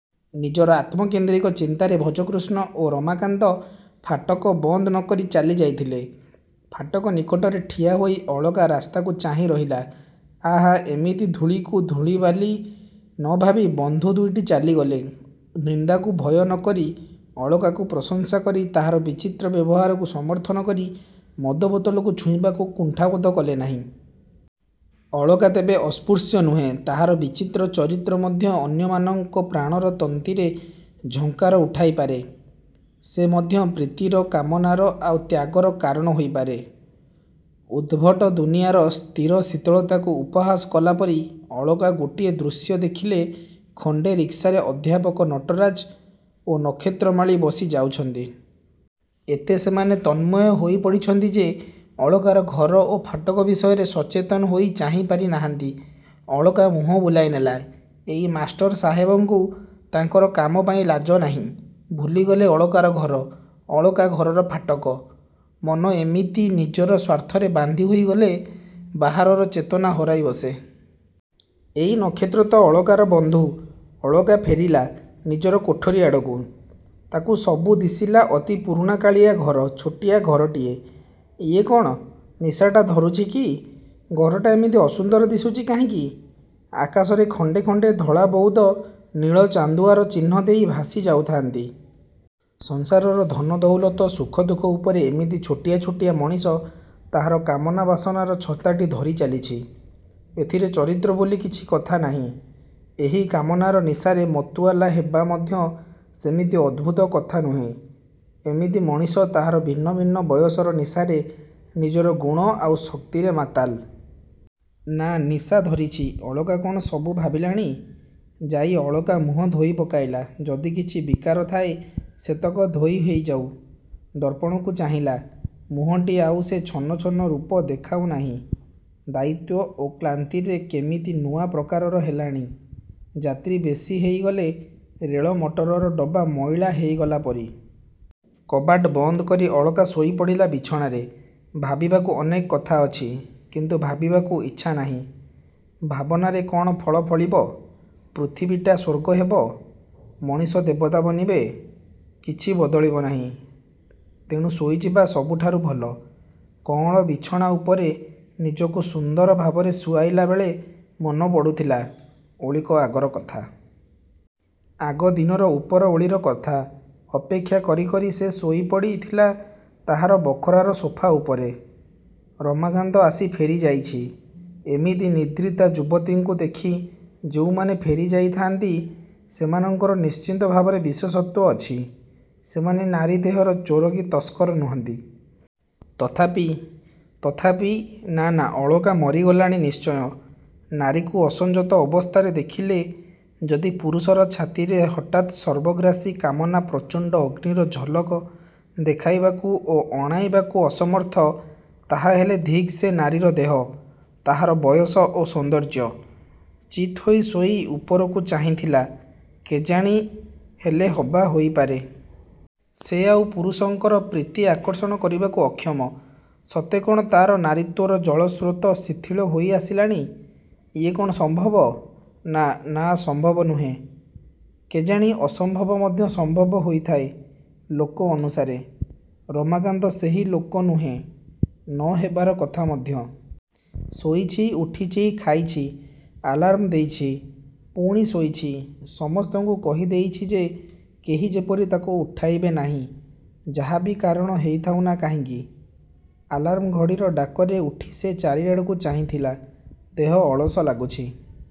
ନିଜର ଆତ୍ମକେନ୍ଦ୍ରିକ ଚିନ୍ତାରେ ଭଜକୃଷ୍ଣ ଓ ରମାକାନ୍ତ ଫାଟକ ବନ୍ଦ ନକରି ଚାଲି ଯାଇଥିଲେ। ଫାଟକ ନିକଟରେ ଠିଆ ହୋଇ ଅଳକା ରାସ୍ତାକୁ ଚାହିଁ ରହିଲା-ଆହା, ଏମିତି ଧୂଳିକୁ ଧୂଳି ବାଲି ନ ଭାବି ବଂଧୁ ଦୁଇଟି ଚାଲିଗଲେ। ନିନ୍ଦାକୁ ଭୟ ନକରି ଅଳକାକୁ ପ୍ରଶଂସା କରି ତାହାର ବିଚିତ୍ର ବ୍ୟବହାରକୁ ସମର୍ଥନ କରି ମଦ ବୋତଲକୁ ଛୁଇଁବାକୁ କୁଣ୍ଠାବୋଧ କଲେ ନାହିଁ। ଅଳକା ତେବେ ଅସ୍ପୃଶ୍ୟ ନୁହେଁ-ତାହାର ବିଚିତ୍ର ଚରିତ୍ର ମଧ୍ୟ ଅନ୍ୟମାନଙ୍କ ପ୍ରାଣର ତନ୍ତ୍ରୀରେ ଝଙ୍କାର ଉଠାଇ ପାରେ। ସେ ମଧ୍ୟ ପ୍ରୀତିର, କାମନାର, ଆଉ ତ୍ୟାଗର କାରଣ ହେଇପାରେ। ଉଦ୍ଭଟ ଦୁନିଆର ସ୍ଥିର ଶୀତଳତାକୁ ଉପହାସ କଲା ପରି ଅଳକା ଗୋଟିଏ ଦୃଶ୍ୟ ଦେଖିଲା-ଖଣ୍ଡେ ରିକ୍ସାରେ ଅଧ୍ୟାପକ ନଟରାଜ ଓ ନକ୍ଷତ୍ରମାଳୀ ବସି ଯାଉଛନ୍ତି। ଏତେ ସେମାନେ ତନ୍ମୟ ହୋଇ ପଡ଼ିଛନ୍ତି ଯେ ଅଳକାର ଘର ଓ ଫାଟକ ବିଷୟରେ ସଚେତନ ହୋଇ ଚାହିଁ ପାରି ନାହାନ୍ତି। ଅଳକା ମୁହଁ ବୁଲାଇ ନେଲା-ଏଇ ମାଷ୍ଟର ସାହେବଙ୍କୁ ତାଙ୍କର କାମ ପାଇଁ ଲାଜ ନାହିଁ। ଭୁଲିଗଲେ ଅଳକାର ଘର-ଅଳକା ଘରର ଫାଟକ। ମନ ଏମିତି ନିଜର ସ୍ୱାର୍ଥରେ ବାନ୍ଧି ହୋଇଗଲେ ବାହାରର ଚେତନା ହରାଇ ବସେ। -ଏଇ ନକ୍ଷତ୍ର ତ ଅଳକାର ବନ୍ଧୁ। ଅଳକା ଫେରିଲା ନିଜର କୋଠରୀ ଆଡ଼କୁ। ତାକୁ ସବୁ ଦିଶିଲା ଅତି ପୁରୁଣା କାଳିଆ ଘର-ଛୋଟିଆ ଘରଟିଏ। ଇଏ କ'ଣ? ନିଶାଟା ଧରୁଛି କି? ଘରଟା ଏମିତି ଅସୁନ୍ଦର ଦିଶୁଛି କାହିଁକି? ଆକାଶରେ ଖଣ୍ଡେ ଖଣ୍ଡେ ଧଳା ବଉଦ ନୀଳ ଚାନ୍ଦୁଆର ଚିହ୍ନ ଦେଇ ଭାସି ଯାଉଥାନ୍ତି। ସଂସାରର ଧନ ଦଉଲତ ସୁଖ ଦୁଃଖ ଉପରେ ଏମିତି ଛୋଟିଆ ଛୋଟିଆ ମଣିଷ ତାହାର କାମନା ବାସନାର ଛତାଟି ଧରି ଚାଲିଛି। ଏଥିରେ ଚରିତ୍ର ବୋଲି କିଛି କଥା ନାହିଁ। ଏହି କାମନାର ନିଶାରେ ମତୁଆଲା ହେବା ମଧ୍ୟ ସେମିତି ଅଦ୍ଭୁତ କଥା ନୁହେଁ। ଏମିତି ମଣିଷ ତାହାର ଭିନ୍ନ ଭିନ୍ନ ବୟସର ନିଶାରେ ନିଜର ଗୁଣ ଆଉ ଶକ୍ତିରେ ମାତାଲ। -ନା, ନିଶା ଧରିଛି। ଅଳକା କ'ଣ ସବୁ ଭାବିଲାଣି? ଯାଇ ଅଳକା ମୁହଁ ଧୋଇ ପକାଇଲା-ଯଦି କିଛି ବିକାର ଥାଏ ସେତକ ଧୋଇ ହେଇ ଯାଉ। ଦର୍ପଣକୁ ଚାହିଁଲା-ମୁହଁଟି ଆଉ ସେ ଛନ ଛନ ରୂପ ଦେଖାଉ ନାହିଁ। ଦାୟିତ୍ୱ ଓ କ୍ଳାନ୍ତିରେ କେମିତି ନୂଆ ପ୍ରକାରର ହେଲାଣି-ଯାତ୍ରୀ ବେଶି ହେଇଗଲେ ରେଳ ମଟରର ଡବା ମଇଳା ହେଇଗଲା ପରି। କବାଟ ବନ୍ଦ କରି ଅଳକା ଶୋଇପଡ଼ିଲା ବିଛଣାରେ-ଭାବିବାକୁ ଅନେକ କଥା ଅଛି। କିନ୍ତୁ ଭାବିବାକୁ ଇଚ୍ଛା ନାହିଁ। ଭାବନାରେ କ'ଣ ଫଳ ଫଳିବ? ପୃଥିବୀଟା ସ୍ୱର୍ଗ ହେବ? ମଣିଷ ଦେବତା ବନିବେ? କିଛି ବଦଳିବ ନାହିଁ। ତେଣୁ ଶୋଇଯିବା ସବୁଠାରୁ ଭଲ। କଅଁଳ ବିଛଣା ଉପରେ ନିଜକୁ ସୁନ୍ଦର ଭାବରେ ଶୁଆଇଲା ବେଳେ ମନ ପଡ଼ୁଥିଲା-ଓଳିକ ଆଗର କଥା। ଆଗଦିନର ଉପର ଓଳିର କଥା। ଅପେକ୍ଷା କରି କରି ସେ ଶୋଇପଡ଼ି ଥିଲା ତାହାର ବଖରାର ସୋଫା ଉପରେ। ରମାକାନ୍ତ ଆସି ଫେରିଯାଇଛି। ଏମିତି ନିଦ୍ରିତା ଯୁବତୀଙ୍କୁ ଦେଖି ଯେଉଁମାନେ ଫେରି ଯାଇଥାନ୍ତି ସେମାନଙ୍କର ନିଶ୍ଚିତ ଭାବରେ ବିଶେଷତ୍ୱ ଅଛି। ସେମାନେ ନାରୀ ଦେହର ଚୋର କି ତସ୍କର ନୁହନ୍ତି। ତଥାପି ତଥାପି ନା-ନା-ଅଳକା ମରିଗଲାଣି ନିଶ୍ଚୟ। ନାରୀକୁ ଅସଂଯତ ଅବସ୍ଥାରେ ଦେଖିଲେ ଯଦି ପୁରୁଷର ଛାତିରେ ହଠାତ୍ ସର୍ବଗ୍ରାସୀ କାମନା ପ୍ରଚଣ୍ଡ ଅଗ୍ନିର ଝଲକ ଦେଖାଇବାକୁ ଓ ଅଣାଇବାକୁ ଅସମର୍ଥ, ତାହାହେଲେ ଧିକ ସେ ନାରୀର ଦେହ-ତାହାର ବୟସ ଓ ସୌନ୍ଦର୍ଯ୍ୟ। ଚିତ୍ହୋଇ ଶୋଇ ଉପରକୁ ଚାହିଁଥିଲା-କେଜାଣି ହେଲେ ହବା ହେଇପାରେ। ସେ ଆଉ ପୁରୁଷଙ୍କର ପ୍ରୀତି ଆକର୍ଷଣ କରିବାକୁ ଅକ୍ଷମ। ସତେ କ'ଣ ତା'ର ନାରୀତ୍ୱର ଜଳସ୍ରୋତ ଶିଥିଳ ହୋଇ ଆସିଲାଣି? ଇଏ କ'ଣ ସମ୍ଭବ? ନା, ନା ସମ୍ଭବ ନୁହେ। -କେଜାଣି ଅସମ୍ଭବ ମଧ୍ୟ ସମ୍ଭବ ହେଇଥାଏ-ଲୋକ ଅନୁସାରେ। ରମାକାନ୍ତ ସେହି ଲୋକ ନୁହେଁ। ନ ହେବାର କଥା ମଧ୍ୟ। ଶୋଇଛି। ଉଠିଛି। ଖାଇଛି। ଆଲାର୍ମ ଦେଇଛି-ପୁଣି ଶୋଇଛି। ସମସ୍ତଙ୍କୁ କହି ଦେଇଛି ଯେ କେହି ଯେପରି ତା'କୁ ଉଠାଇବେ ନାହିଁ। ଯାହା ବି କାରଣ ହେଇଥାଉ ନା କାହିଁକି? ଆଲାର୍ମ ଘଡ଼ିର ଡାକରେ ଉଠି ସେ ଚାରିଆଡ଼କୁ ଚାହିଁଥିଲା-ଦେହ ଅଳସ ଲାଗୁଛି।